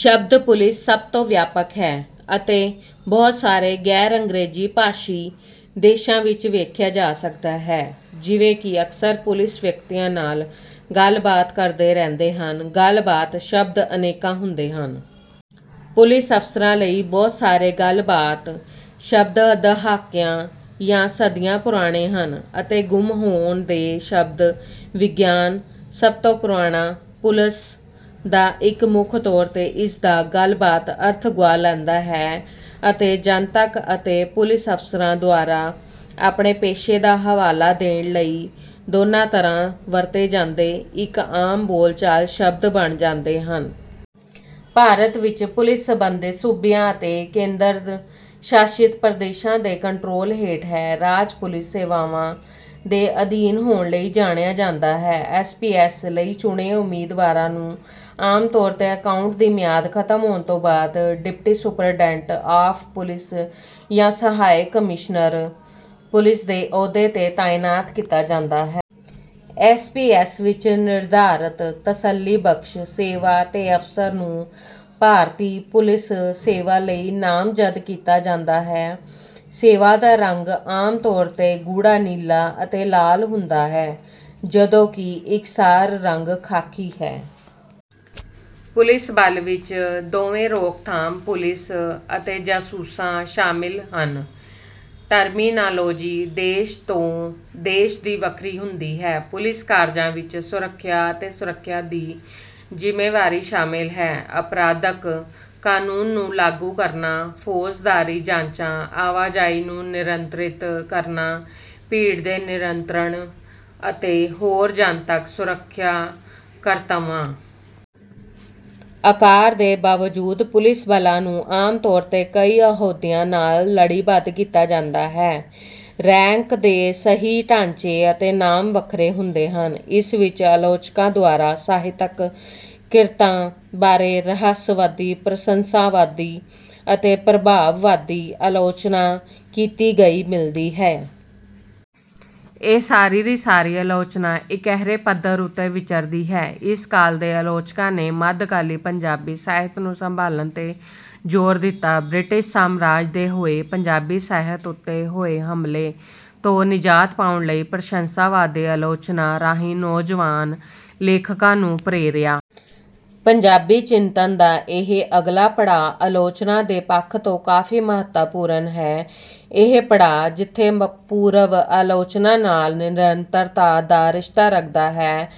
ਸ਼ਬਦ ਪੁਲਿਸ ਸਭ ਤੋਂ ਵਿਆਪਕ ਹੈ ਅਤੇ ਬਹੁਤ ਸਾਰੇ ਗੈਰ ਅੰਗਰੇਜ਼ੀ ਭਾਸ਼ੀ ਦੇਸ਼ਾਂ ਵਿੱਚ ਵੇਖਿਆ ਜਾ ਸਕਦਾ ਹੈ। ਜਿਵੇਂ ਕਿ ਅਕਸਰ ਪੁਲਿਸ ਵਿਅਕਤੀਆਂ ਨਾਲ ਗੱਲਬਾਤ ਕਰਦੇ ਰਹਿੰਦੇ ਹਨ ਗੱਲਬਾਤ ਸ਼ਬਦ ਅਨੇਕਾਂ ਹੁੰਦੇ ਹਨ। ਪੁਲਿਸ ਅਫਸਰਾਂ ਲਈ ਬਹੁਤ ਸਾਰੇ ਗੱਲਬਾਤ ਸ਼ਬਦ ਦਹਾਕਿਆਂ ਜਾਂ ਸਦੀਆਂ ਪੁਰਾਣੇ ਹਨ ਅਤੇ ਗੁੰਮ ਹੋਣ ਦੇ ਸ਼ਬਦ ਵਿਗਿਆਨ। ਸਭ ਤੋਂ ਪੁਰਾਣਾ ਪੁਲਸ ਦਾ ਇੱਕ ਮੁੱਖ ਤੌਰ ਤੇ ਇਸਦਾ ਗੱਲਬਾਤ ਅਰਥ ਗੁਆ ਲੈਂਦਾ ਹੈ ਅਤੇ ਜਨਤਕ ਅਤੇ ਪੁਲਿਸ ਅਫਸਰਾਂ ਦੁਆਰਾ ਆਪਣੇ ਪੇਸ਼ੇ ਦਾ ਹਵਾਲਾ ਦੇਣ ਲਈ ਦੋਨਾਂ ਤਰ੍ਹਾਂ ਵਰਤੇ ਜਾਂਦੇ ਇੱਕ ਆਮ ਬੋਲਚਾਲ ਸ਼ਬਦ ਬਣ ਜਾਂਦੇ ਹਨ। ਭਾਰਤ ਵਿੱਚ ਪੁਲਿਸ ਸੰਬੰਧਿਤ ਸੂਬਿਆਂ ਅਤੇ ਕੇਂਦਰ ਸ਼ਾਸਿਤ ਪ੍ਰਦੇਸ਼ਾਂ ਦੇ ਕੰਟਰੋਲ ਹੇਠ ਹੈ ਅਤੇ ਰਾਜ ਪੁਲਿਸ ਸੇਵਾਵਾਂ ਦੇ ਅਧੀਨ ਹੋਣ ਲਈ ਜਾਣਿਆ ਜਾਂਦਾ ਹੈ। ਐਸ ਪੀ ਐਸ ਲਈ ਚੁਣੇ ਉਮੀਦਵਾਰਾਂ ਨੂੰ ਆਮ ਤੌਰ ਤੇ ਅਕਾਉਂਟ ਦੀ ਮਿਆਦ ਖਤਮ ਹੋਣ ਤੋਂ ਬਾਅਦ ਡਿਪਟੀ ਸੁਪਰਡੈਂਟ ਆਫ ਪੁਲੀਸ ਜਾਂ ਸਹਾਇਕ ਕਮਿਸ਼ਨਰ ਪੁਲਿਸ ਦੇ ਅਹੁਦੇ ਤੇ ਤਾਇਨਾਤ ਕੀਤਾ ਜਾਂਦਾ ਹੈ। ਐਸ ਪੀ ਐਸ ਵਿੱਚ ਨਿਰਧਾਰਤ ਤਸੱਲੀਬਖਸ਼ ਸੇਵਾ ਤੇ ਅਫਸਰਾਂ ਨੂੰ ਭਾਰਤੀ ਪੁਲਿਸ ਸੇਵਾ ਲਈ ਨਾਮਜ਼ਦ ਕੀਤਾ ਜਾਂਦਾ ਹੈ। ਸੇਵਾ ਦਾ ਰੰਗ ਆਮ ਤੌਰ ਤੇ ਗੂੜਾ ਨੀਲਾ ਅਤੇ ਲਾਲ ਹੁੰਦਾ ਹੈ ਜਦੋਂ ਕਿ ਇਕਸਾਰ ਰੰਗ ਖਾਕੀ ਹੈ। ਪੁਲਿਸ ਬਲ ਵਿੱਚ ਦੋਵੇਂ ਰੋਕਥਾਮ ਪੁਲਿਸ ਅਤੇ ਜਾਸੂਸਾਂ ਸ਼ਾਮਲ ਹਨ। ਟਰਮੀਨਾਲੋਜੀ ਦੇਸ਼ ਤੋਂ ਦੇਸ਼ ਦੀ ਵੱਖਰੀ ਹੁੰਦੀ ਹੈ। ਪੁਲਿਸ ਕਾਰਜਾਂ ਵਿੱਚ ਸੁਰੱਖਿਆ ਅਤੇ ਸੁਰੱਖਿਆ ਦੀ ਜ਼ਿੰਮੇਵਾਰੀ ਸ਼ਾਮਲ ਹੈ ਅਪਰਾਧਕ ਕਾਨੂੰਨ ਨੂੰ ਲਾਗੂ ਕਰਨਾ ਫੌਜਦਾਰੀ ਜਾਂਚਾਂ ਆਵਾਜਾਈ ਨੂੰ ਨਿਯੰਤ੍ਰਿਤ ਕਰਨਾ ਭੀੜ ਦੇ ਨਿਯੰਤਰਣ ਅਤੇ ਹੋਰ ਜਨਤਕ ਸੁਰੱਖਿਆ ਕਰਤੱਵਾਂ। ਆਕਾਰ ਦੇ ਬਾਵਜੂਦ ਪੁਲਿਸ ਬਲਾਂ ਨੂੰ ਆਮ ਤੌਰ ਤੇ ਕਈ ਅਹੁਦਿਆਂ ਨਾਲ ਲੜੀਬੱਧ ਕੀਤਾ ਜਾਂਦਾ ਹੈ। ਰੈਂਕ ਦੇ ਸਹੀ ਢਾਂਚੇ ਅਤੇ ਨਾਮ ਵੱਖਰੇ ਹੁੰਦੇ ਹਨ। ਇਸ ਵਿੱਚ ਆਲੋਚਕਾਂ ਦੁਆਰਾ ਸਾਹਿਤਕ ਕਿਰਤਾਂ ਬਾਰੇ ਰਹੱਸਵਾਦੀ ਪ੍ਰਸੰਸਾਵਾਦੀ ਅਤੇ ਪ੍ਰਭਾਵਵਾਦੀ ਆਲੋਚਨਾ ਕੀਤੀ ਗਈ ਮਿਲਦੀ ਹੈ। ਇਹ ਸਾਰੀ ਦੀ ਸਾਰੀ ਆਲੋਚਨਾ ਇੱਕਹਿਰੇ ਪੱਧਰ ਉੱਤੇ ਵਿਚਰਦੀ ਹੈ। ਇਸ ਕਾਲ ਦੇ ਆਲੋਚਕਾਂ ਨੇ ਮੱਧਕਾਲੀ ਪੰਜਾਬੀ ਸਾਹਿਤ ਨੂੰ ਸੰਭਾਲਨ ਤੇ ਜ਼ੋਰ ਦਿੱਤਾ। ਬ੍ਰਿਟਿਸ਼ ਸਾਮਰਾਜ ਦੇ ਹੋਏ ਪੰਜਾਬੀ ਸਾਹਿਤ ਉੱਤੇ ਹੋਏ ਹਮਲੇ ਤੋਂ ਨਿਜ਼ਾਤ ਪਾਉਣ ਲਈ ਪ੍ਰਸੰਸਾਵਾਦੀ ਆਲੋਚਨਾ ਰਾਹੀਂ ਨੌਜਵਾਨ ਲੇਖਕਾਂ ਨੂੰ ਪ੍ਰੇਰਿਆ। ਪੰਜਾਬੀ ਚਿੰਤਨ ਦਾ ਇਹ ਅਗਲਾ ਪੜਾਅ ਆਲੋਚਨਾ ਦੇ ਪੱਖ ਤੋਂ ਕਾਫੀ ਮਹੱਤਵਪੂਰਨ ਹੈ। ਇਹ ਪੜਾਅ ਜਿੱਥੇ ਪੂਰਵ ਆਲੋਚਨਾ ਨਾਲ ਨਿਰੰਤਰਤਾ ਦਾ ਰਿਸ਼ਤਾ ਰੱਖਦਾ ਹੈ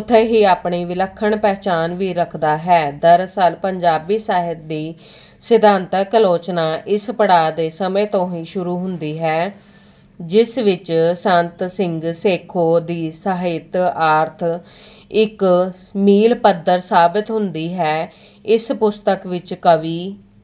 ਉੱਥੇ ਹੀ ਆਪਣੀ ਵਿਲੱਖਣ ਪਹਿਚਾਣ ਵੀ ਰੱਖਦਾ ਹੈ। ਦਰਅਸਲ ਪੰਜਾਬੀ ਸਾਹਿਤ ਦੀ ਸਿਧਾਂਤਕ ਆਲੋਚਨਾ ਇਸ ਪੜਾਅ ਦੇ ਸਮੇਂ ਤੋਂ ਹੀ ਸ਼ੁਰੂ ਹੁੰਦੀ ਹੈ ਜਿਸ ਵਿੱਚ ਸੰਤ ਸਿੰਘ ਸੇਖੋਂ ਦੀ ਸਾਹਿਤਿਆਰਥ ਇੱਕ ਮੀਲ ਪੱਥਰ ਸਾਬਿਤ ਹੁੰਦੀ ਹੈ। ਇਸ ਪੁਸਤਕ ਵਿੱਚ ਕਾਵਿ।